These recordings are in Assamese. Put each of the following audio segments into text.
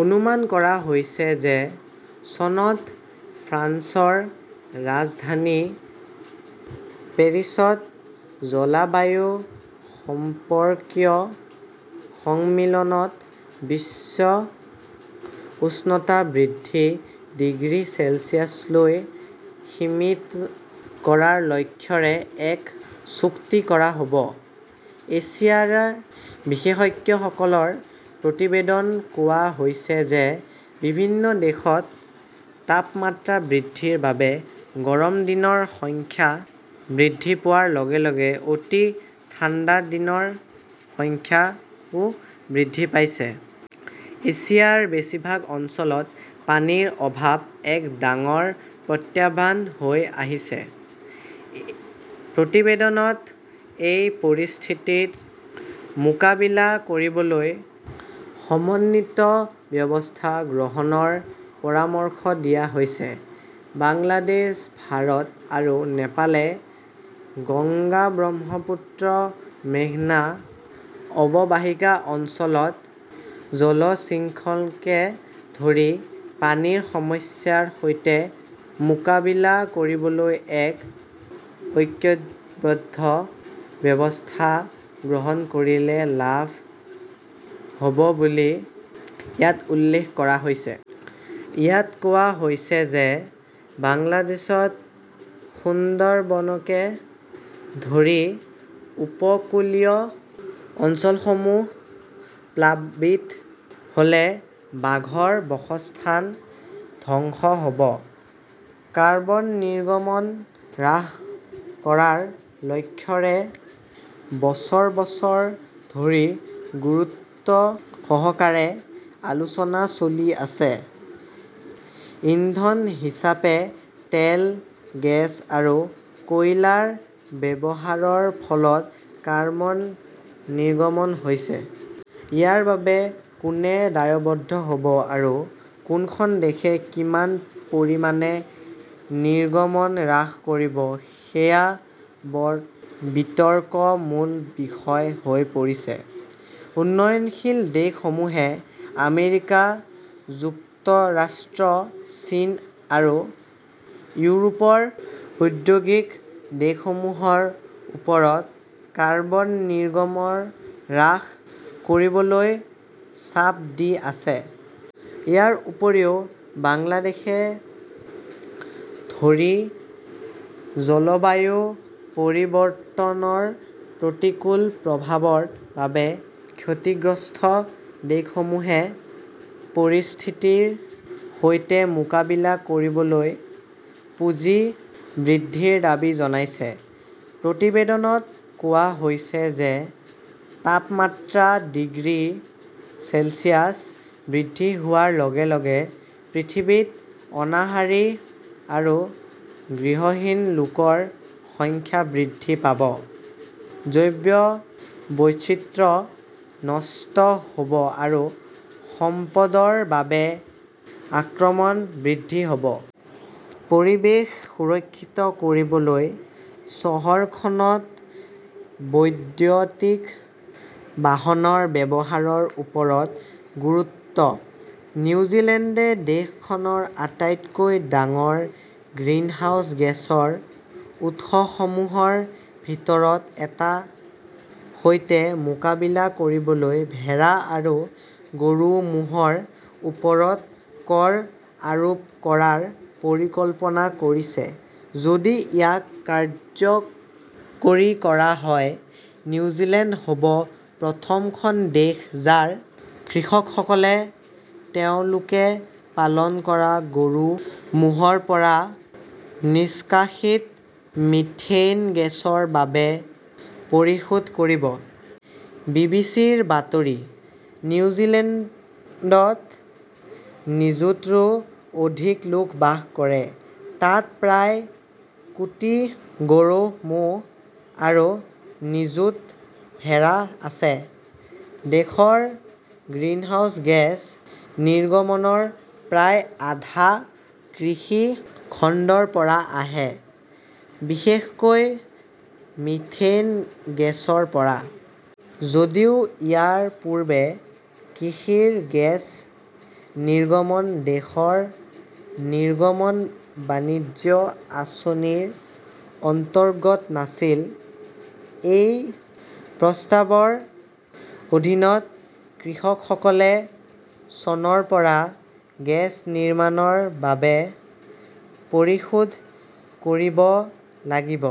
অনুমান কৰা হৈছে যে চনত ফ্ৰান্সৰ ৰাজধানী পেৰিছত জলবায়ু সম্পৰ্কীয় সন্মিলনত বিশ্বৰ উষ্ণতা বৃদ্ধি ডিগ্ৰী চেলছিয়াছলৈ সীমিত কৰাৰ লক্ষ্যৰে এক চুক্তি কৰা হ 'ব। এছিয়াৰ বিশেষজ্ঞসকলৰ প্ৰতিবেদনত কোৱা হৈছে যে বিভিন্ন দেশত তাপমাত্ৰা বৃদ্ধিৰ বাবে গৰম দিনৰ সংখ্যা বৃদ্ধি পোৱাৰ লগে লগে অতি ঠাণ্ডা দিনৰ সংখ্যাও বৃদ্ধি পাইছে। এছিয়াৰ বেছিভাগ অঞ্চলত পানীৰ অভাৱ এক ডাঙৰ প্ৰত্যাহ্বান হৈ আহিছে। প্ৰতিবেদনত এই পৰিস্থিতিৰ মোকাবিলা কৰিবলৈ সমন্বিত ব্যৱস্থা গ্ৰহণৰ পৰামৰ্শ দিয়া হৈছে। বাংলাদেশ, ভাৰত আৰু নেপালে গংগা-ব্ৰহ্মপুত্ৰ-মেঘনা অৱবাহিকা অঞ্চলত জলসিঞ্চনকে ধৰি পানীৰ সমস্যাৰ সৈতে মোকাবিলা কৰিবলৈ এক ঐক্যবদ্ধ ব্যৱস্থা গ্ৰহণ কৰিলে লাভ হ "ব বুলি ইয়াত উল্লেখ কৰা হৈছে। ইয়াত কোৱা হৈছে যে বাংলাদেশত সুন্দৰবনকে ধৰি উপকূলীয় অঞ্চলসমূহ প্লাবিত হ "লে বাঘৰ বাসস্থান ধ্বংস হ" ব। কাৰ্বন নিৰ্গমন হ্ৰাস কৰাৰ লক্ষ্যৰে বছৰ বছৰ ধৰি গুৰুত্বসহকাৰে আলোচনা চলি আছে। ইন্ধন হিচাপে তেল, গেছ আৰু কয়লাৰ ব্যৱহাৰৰ ফলত কাৰ্বন নিৰ্গমন হৈছে। ইয়াৰ বাবে কোনে দায়বদ্ধ হ "ব আৰু কোনখন দেশে কিমান পৰিমাণে নিৰ্গমন হ্ৰাস কৰিব সেয়া বিতৰ্কৰ মূল বিষয় হৈ পৰিছে। উন্নয়নশীল দেশসমূহে আমেৰিকা যুক্তৰাষ্ট্ৰ, চীন আৰু ইউৰোপৰ ঔদ্যোগিক দেশসমূহৰ ওপৰত কাৰ্বন নিৰ্গমন হ্ৰাস কৰিবলৈ চাপ দি আছে। ইয়াৰ উপৰিও বাংলাদেশকে ধৰি জলবায়ু পৰিৱৰ্তনৰ প্ৰতিকূল প্ৰভাৱৰ বাবে ক্ষতিগ্ৰস্ত দেশসমূহে পৰিস্থিতিৰ সৈতে মোকাবিলা কৰিবলৈ পুঁজি বৃদ্ধিৰ দাবী জনাইছে। প্ৰতিবেদনত কোৱা হৈছে যে তাপমাত্ৰা ডিগ্ৰী চেলছিয়াছ বৃদ্ধি হোৱাৰ লগে লগে পৃথিৱীত অনাহাৰী আৰু গৃহহীন লোকৰ সংখ্যা বৃদ্ধি পাব; জৈৱ বৈচিত্ৰ্য নষ্ট হ "ব আৰু সম্পদৰ বাবে আক্ৰমণ বৃদ্ধি হ" ব। পৰিৱেশ সুৰক্ষিত কৰিবলৈ চহৰখনত বৈদ্যুতিক বাহনৰ ব্যৱহাৰৰ ওপৰত গুৰুত্ব নিউজিলেণ্ডে দেশখনৰ আটাইতকৈ ডাঙৰ গ্ৰিনহাউজ গেছৰ উৎসসমূহৰ ভিতৰত এটাৰ সৈতে মোকাবিলা কৰিবলৈ ভেড়া আৰু গৰু-ম "হৰ ওপৰত কৰ আৰোপ কৰাৰ পৰিকল্পনা কৰিছে। যদি ইয়াক কাৰ্যকৰী কৰা হয়, নিউজিলেণ্ড হ 'ব প্ৰথমখন দেশ যাৰ কৃষকসকলে তেওঁলোকে পালন কৰা গৰু-ম "হৰ পৰা নিষ্কাশিত মিথেন গেছৰ বাবে পৰিশোধ কৰিব। বি. বি. চি. -ৰ বাতৰি। নিউজিলেণ্ডত নিযুতৰো অধিক লোক বাস কৰে। তাত প্ৰায় কোটি গৰু-ম "হ আৰু নিযুত ভেড়া আছে। দেশৰ গ্ৰিনহাউজ গেছ নিৰ্গমনৰ প্ৰায় আধা কৃষি খণ্ডৰ পৰা আহে, বিশেষকৈ মিথেন গেছৰ পৰা। যদিও ইয়াৰ পূৰ্বে কৃষিৰ গেছ নিৰ্গমন দেশৰ নিৰ্গমন বাণিজ্য আঁচনিৰ অন্তৰ্গত নাছিল। এই প্ৰস্তাৱৰ অধীনত কৃষকসকলে চনৰ পৰা গেছ নিৰ্গমনৰ বাবে পৰিশোধ কৰিব লাগিব।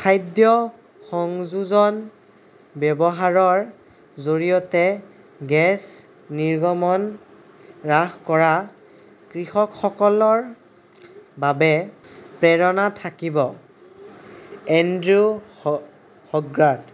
খাদ্য সংযোজন ব্যৱহাৰৰ জৰিয়তে গেছ নিৰ্গমন হ্ৰাস কৰা কৃষকসকলৰ বাবে প্ৰেৰণা থাকিব। Andrew Hoggard